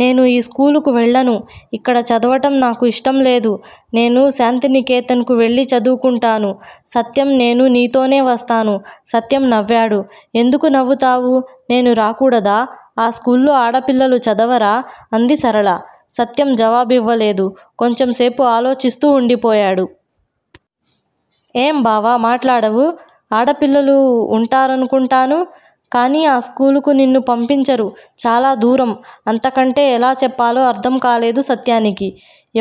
నేను ఈ స్కూలుకు వెళ్ళను. ఇక్కడ చదవటం నాకు ఇష్టంలేదు. నేను శాంతినికేతన్ కు వెళ్ళి చదువుకుంటాను. సత్యం నేనూ నీతోనే వస్తాను. సత్యం నవ్వాడు. ఎందుకు నవ్వుతావు? నేను రాకూడదా! ఆ స్కూల్లో ఆడపిల్లలు చదవరా? అంది సరళ. సత్యం జవాబివ్వలేదు. కొంచెంసేపు ఆలోచిస్తూ ఉండిపోయాడు. ఏం బావా మాట్లాడవు! ఆడపిల్లలు ఉంటారనుకుంటాను. కాని ఆ స్కూలుకు నిన్ను పంపించరు. చాలా దూరం- అంతకంటే ఎలా చెప్పాలో అర్ధంకాలేదు సత్యానికి.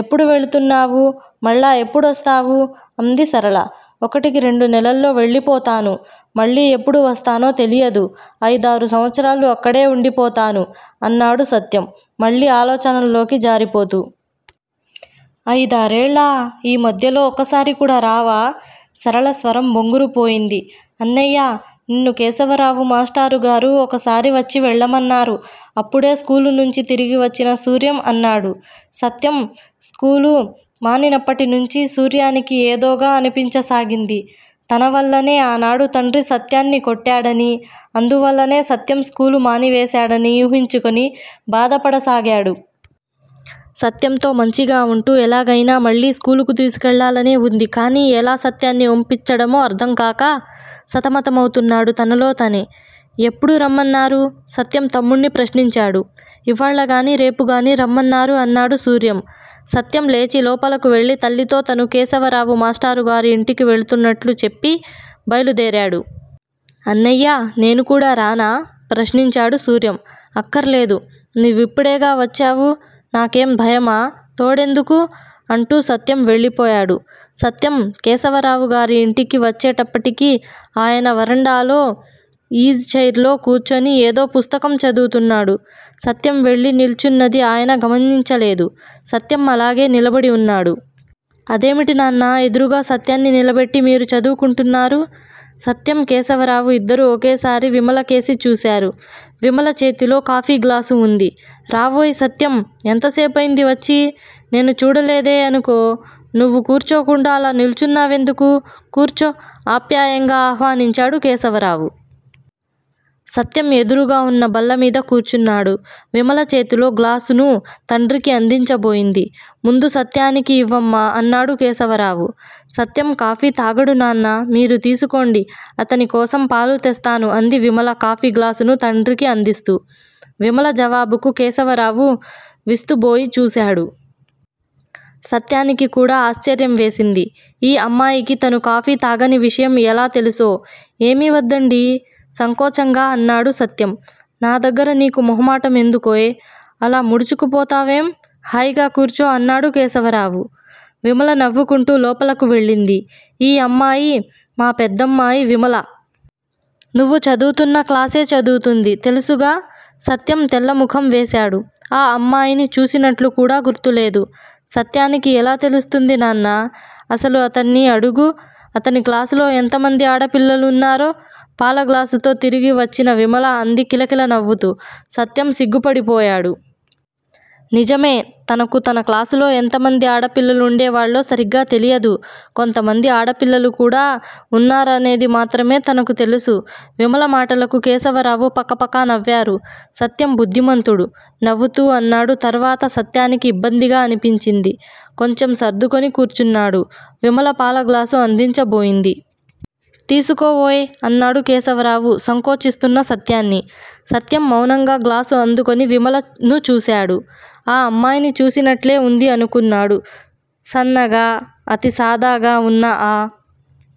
ఎప్పుడు వెళుతున్నావు? మళ్ళా ఎప్పుడొస్తావు? అంది సరళ. ఒకటి రెండు నెలల్లో వెళ్ళిపోతాను. మళ్ళీ ఎప్పుడు వస్తానో తెలియదు. అయిదారు సంవత్సరాలు అక్కడే ఉండిపోతాను అన్నాడు సత్యం మళ్ళీ ఆలోచనల్లోకి జారిపోతూ. అయిదారేళ్ళా! ఈ మధ్యలో ఒక్కసారికూడా రావా? సరళ స్వరం బొంగురుపోయింది. అన్నయ్యా! నిన్ను కేశవరావు మాష్టరుగారు ఒకసారి వచ్చి వెళ్ళమన్నారు. అప్పుడే స్కూలునుంచి తిరిగివచ్చిన సూర్యం అన్నాడు. సత్యం స్కూలు మానినప్పటినుంచి సూర్యానికి ఏదోగా అనిపించసాగింది. తనవల్లనే ఆనాడు తండ్రి సత్యాన్ని కొట్టాడనీ, అందువల్లనే సత్యం స్కూలు మానివేశాడని ఊహించుకొని బాధపడసాగాడు. సత్యంతో మంచిగా ఉంటూ ఎలాగయినా మళ్ళీ స్కూలుకు తీసుకెళ్ళాలనే వుంది కాని యెలా సత్యాన్ని ఒప్పించడమో అర్ధంకాక సతమతమవుతున్నాడు తనలో తనే. ఎప్పుడు రమ్మన్నారు? సత్యం తమ్ముణ్ణి ప్రశ్నించాడు. ఇవ్వాళగానీ రేపుగానీ రమ్మన్నారు అన్నాడు సూర్యం. సత్యం లేచి లోపలకు వెళ్ళి తల్లితో తను కేశవరావు మాష్టరుగారి ఇంటికి వెళుతున్నట్లు చెప్పి బయలుదేరాడు. అన్నయ్యా! నేనుకూడా రానా? ప్రశ్నించాడు సూర్యం. అక్కర్లేదు, నువ్విప్పుడేగా వచ్చావు? నాకేం భయమా? తోడెందుకూ? అంటూ సత్యం వెళ్ళిపోయాడు. సత్యం కేశవరావుగారి ఇంటికి వచ్చేప్పటికి ఆయన వరండాలో ఈజీచైర్ లో కూర్చొని ఏదో పుస్తకం చదువుతున్నాడు. సత్యం వెళ్ళి నిల్చున్నది ఆయన గమనించలేదు. సత్యం అలాగే నిలబడి ఉన్నాడు. అదేమిటి నాన్నా! ఎదురుగా సత్యాన్ని నిలబెట్టి మీరు చదువుకుంటున్నారు? సత్యం, కేశవరావూ ఇద్దరూ ఒకేసారి విమలకేసి చూశారు. విమల చేతిలో కాఫీగ్లాసు ఉంది. రావోయ్ సత్యం! యెంతసేపయింది వచ్చి? నేను చూడలేదే అనుకో! నువ్వు కూర్చోకుండా అలా నిల్చున్నా వెందుకు? కూర్చో ఆప్యాయంగా ఆహ్వానించాడు కేశవరావు. సత్యం యెదురుగా ఉన్న బల్లమీద కూర్చున్నాడు. విమల చేతిలో గ్లాసును తండ్రికి అందించబోయింది. ముందు సత్యానికి ఇవ్వమ్మా! అన్నాడు కేశవరావు. సత్యం కాఫీ తాగడు నాన్నా! మీరు తీసుకోండి. అతనికోసం పాలు తెస్తాను అంది విమల కాఫీగ్లాసును తండ్రికి అందిస్తూ. విమల జవాబుకు కేశవరావు విస్తుబోయి చూశాడు. సత్యానికి కూడా ఆశ్చర్యం వేసింది. ఈ అమ్మాయికి తను కాఫీ తాగని విషయం యెలా తెలుసో! ఏమీ వద్దండీ! సంకోచంగా అన్నాడు సత్యం. నా దగ్గిర నీకు మొహమాటం ఎందుకోయ్! అలా ముడుచుకుపోతావేం? హాయిగా కూర్చో! అన్నాడు కేశవరావు. విమల నవ్వుకుంటూ లోపలకు వెళ్ళింది. ఈ అమ్మాయి మా పెద్దమ్మాయి విమల. నువ్వు చదువుతున్న క్లాసే చదువుతుంది. తెలుసుగా? సత్యం తెల్లముఖం వేశాడు. ఆ అమ్మాయిని చూసినట్లుకూడా గుర్తులేదు. సత్యానికి యెలా తెలుస్తుంది నాన్నా? అసలు అతన్ని అడుగు, అతని క్లాసులో ఎంతమంది ఆడపిల్లలు ఉన్నారో! పాలగ్లాసుతో తిరిగి వచ్చిన విమల అంది కిలకిల నవ్వుతూ. సత్యం సిగ్గుపడిపోయాడు. నిజమే! తనకు తన క్లాసులో ఎంతమంది ఆడపిల్లలు ఉండేవాళ్ళో సరిగ్గా తెలియదు. కొంతమంది ఆడపిల్లలుకూడా ఉన్నారనేదిమాత్రమే తనకు తెలుసు. విమల మాటలకు కేశవరావు పకపక నవ్వారు. సత్యం బుద్ధిమంతుడు! నవ్వుతూ అన్నాడు తర్వాత. సత్యానికి ఇబ్బందిగా అనిపించింది. కొంచెం సర్దుకొని కూర్చున్నాడు. విమల పాలగ్లాసు అందించబోయింది. తీసుకోవోయ్! అన్నాడు కేశవరావు సంకోచిస్తున్న సత్యాన్ని. సత్యం మౌనంగా గ్లాసు అందుకొని విమలను చూశాడు. ఆ అమ్మాయిని చూసినట్లే ఉంది అనుకున్నాడు. సన్నగా, అతి సాదాగా ఉన్న ఆ